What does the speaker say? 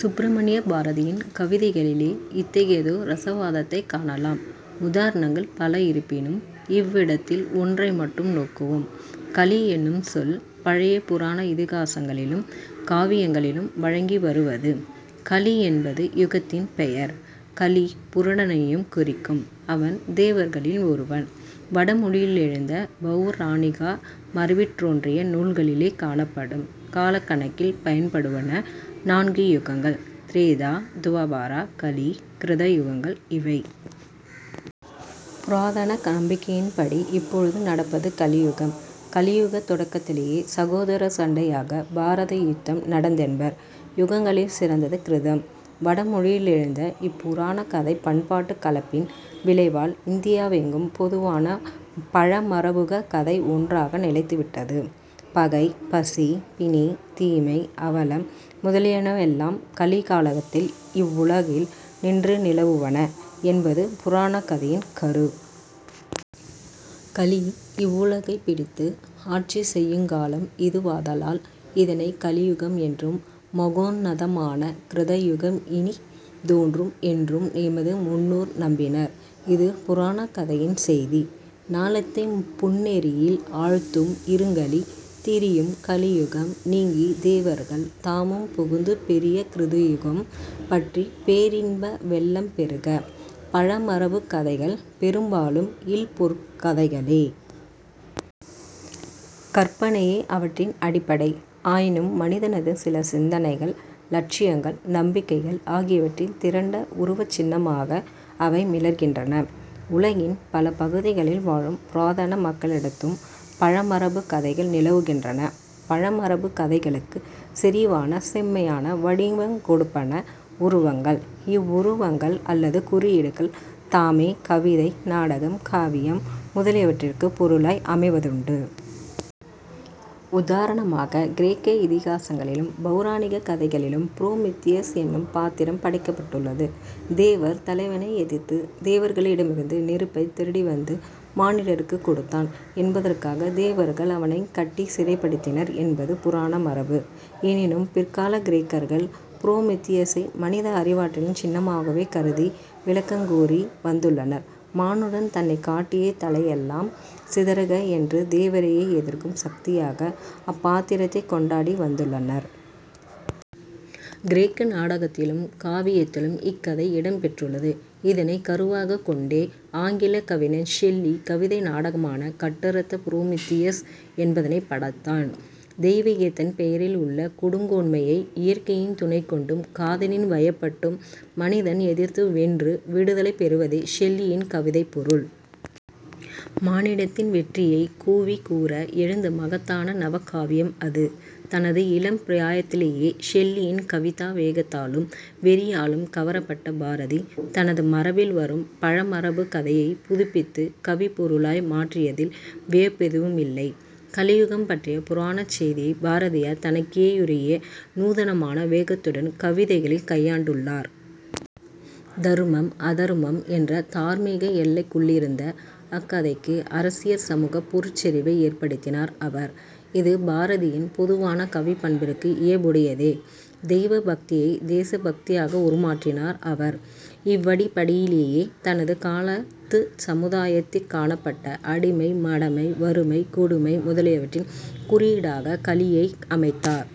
சுப்பிரமணிய பாரதியின் கவிதைகளிலே இத்தகையதோர் இரசவாதத்தைக் காணலாம். உதாரணங்கள் பல இருப்பினும், இவ்விடத்தில் ஒன்றை மட்டும் நோக்குவோம். கலி என்னும் சொல் பழைய புராண-இதிகாசங்களிலும் காவியங்களிலும் வழங்கி வருவது. கலி என்பது யுகத்தின் பெயர்; கலி புருடனையும் குறிக்கும். அவன் தேவர்களில் ஒருவன். வடமொழியி லெழுந்த பௌராணிக மரபிற்றோன்றிய நூல்களிலே காணப்படும் காலக் கணக்கில் பயன்படுவன நான்கு யுகங்கள்; திரேதா, துவாபர, கலி, கிருத, யுகங்கள் இவை. புராதன நம்பிக்கையின்படி இப்பொழுது நடப்பது கலியுகம். கலியுகத் தொடக்கத்திலேயே 'சகோதரச் சண்டையாக பாரத யுத்தம் நடந்தென்பர். யுகங்களில் சிறந்தது கிருதம். வடமொழியிலெழுந்த இப்புராணக் கதை பண்பாடுக் கலப்பின் விளைவால் இந்தியாவெங்கும் பொதுவான பழமரபுக கதை ஒன்றாக நிலைத்து விட்டது. பகை, பசி, பிணி, தீமை, அவலம் முதலியனவெல்லாம் கலிகாலத்தில் இவ்வுலகில் நின்று நிலவுவன என்பது புராணக் கதையின் கரு. கலி இவ்வுலகைப் பிடித்து ஆட்சி செய்யுங் காலம் இதுவாதலால் இதனைக் கலியுகம் என்றும், மகோன்னதமான கிருதயுகம் இனித் தோன்றும் என்றும் எமது முன்னோர் நம்பினர்; இது புராணக் கதையின் செய்தி. "ஞாலத்தைப் புன்னெறியில் ஆழ்த்தும் இருங்கலி" "திரியும் கலியுகம் நீங்கித் தேவர்கள் தாமும் புகுந்து பெரிய கிருதயுகம் பற்றிப் பேரின்ப வெள்ளம் பெருக" பழமரபுக் கதைகள் பெரும்பாலும் இல்பொருட்கதைகளே! கற்பனையே அவற்றின் அடிப்படை. ஆயினும் மனிதனது சில சிந்தனைகள், இலட்சியங்கள், நம்பிக்கைகள் ஆகியவற்றின் திரண்ட உருவச்சின்னமாக அவை மிளிர்கின்றன. உலகின் பல பகுதிகளில் வாழும் புராதன மக்களிடத்தும் பழமரபுக் கதைகள் நிலவுகின்றன. பழமரபுக் கதைகளுக்குச் செறிவான-செம்மையான வடிவங் கொடுப்பன உருவங்கள். இவ்வுருவங்கள் அல்லது குறியீடுகள் தாமே கவிதை, நாடகம், காவியம் முதலியவற்றிற்குப் பொருளாய் அமைவதுண்டு. உதாரணமாகக் கிரேக்க இதிகாசங்களிலும் பௌராணிகக் கதைகளிலும் புரோமித்தியஸ் என்னும் பாத்திரம் படைக்கப்பட்டுள்ளது. தேவர் தலைவனை எதிர்த்துத் தேவர்களிடமிருந்து நெருப்பைத் திருடிவந்து மானிடர்க்குக் கொடுத்தான் என்பதற்காகத் தேவர்கள் அவனைக் கட்டிச் சிறைப்படுத்தினர் என்பது புராண மரபு. எனினும், பிற்காலக் கிரேக்கர்கள் புரோமித்தியஸை மனித அறிவாற்றலின் சின்னமாகவே கருதி விளக்கங்கூறி வந்துள்ளனர், "மானுடன் தன்னைக் காட்டிய தளையெல்லாம் சிதறுக" என்று தேவரையே எதிர்க்கும் சக்தியாக அப்பாத்திரத்தைக் கொண்டாடி வந்துள்ளனர். கிரேக்க நாடகத்திலும் காவியத்திலும் இக்கதை இடம் பெற்றுள்ளது. இதனைக் கருவாகக் கொண்டே ஆங்கிலக் கவிஞன் ஷெல்லி கவிதை நாடகமான கட்டறுத்த புரோமித்தியஸ் என்பதனைப் படைத்தான். தெய்விகத்தின் பெயரில் உள்ள கொடுங்கோன்மையை இயற்கையின் துணைக்கொண்டும் காதலின் வயப்பட்டும் மனிதன் எதிர்த்து வென்று விடுதலை பெறுவதே ஷெல்லியின் கவிதைப் பொருள். மானிடத்தின் வெற்றியைக் கூவிக் கூற எழுந்த மகத்தான நவகாவியம் அது. தனது இளம் பிராயத்திலே ஷெல்லியின் கவிதா வேகத்தாலும் வெறியாலும் கவரப்பட்ட பாரதி, தனது மரபில் வரும் பழமரபுக் கதையைப் புதுப்பித்துக் கவிப் பொருளாய் மாற்றியதில் வியப்பெதுவுமில்லை. கலியுகம்பற்றிய புராணச் செய்தியைப் பாரதியார் தனக்கேயுரிய நூதனமான வேகத்துடன் கவிதைகளில் கையாண்டுள்ளார். தருமம் அதருமம் என்ற தார்மீக எல்லைக்குள்ளிருந்த அக்கதைக்கு, அரசியற்-சமூகப் பொருட் செறிவை ஏற்படுத்தினார் அவர். இது பாரதியின் பொதுவான கவிப்பண்பிற்கு இயைபுடையதே. தெய்வ பக்தியைத் தேச பக்தியாக உருமாற்றினார் அவர். இவ்வடிப்படையிலேயே, தனது காலத்துச் சமுதாயத்திற் காணப்பட்ட அடிமை, மடமை, வறுமை, கொடுமை முதலியவற்றின் குறியீடாகக் கலியை அமைத்தார்.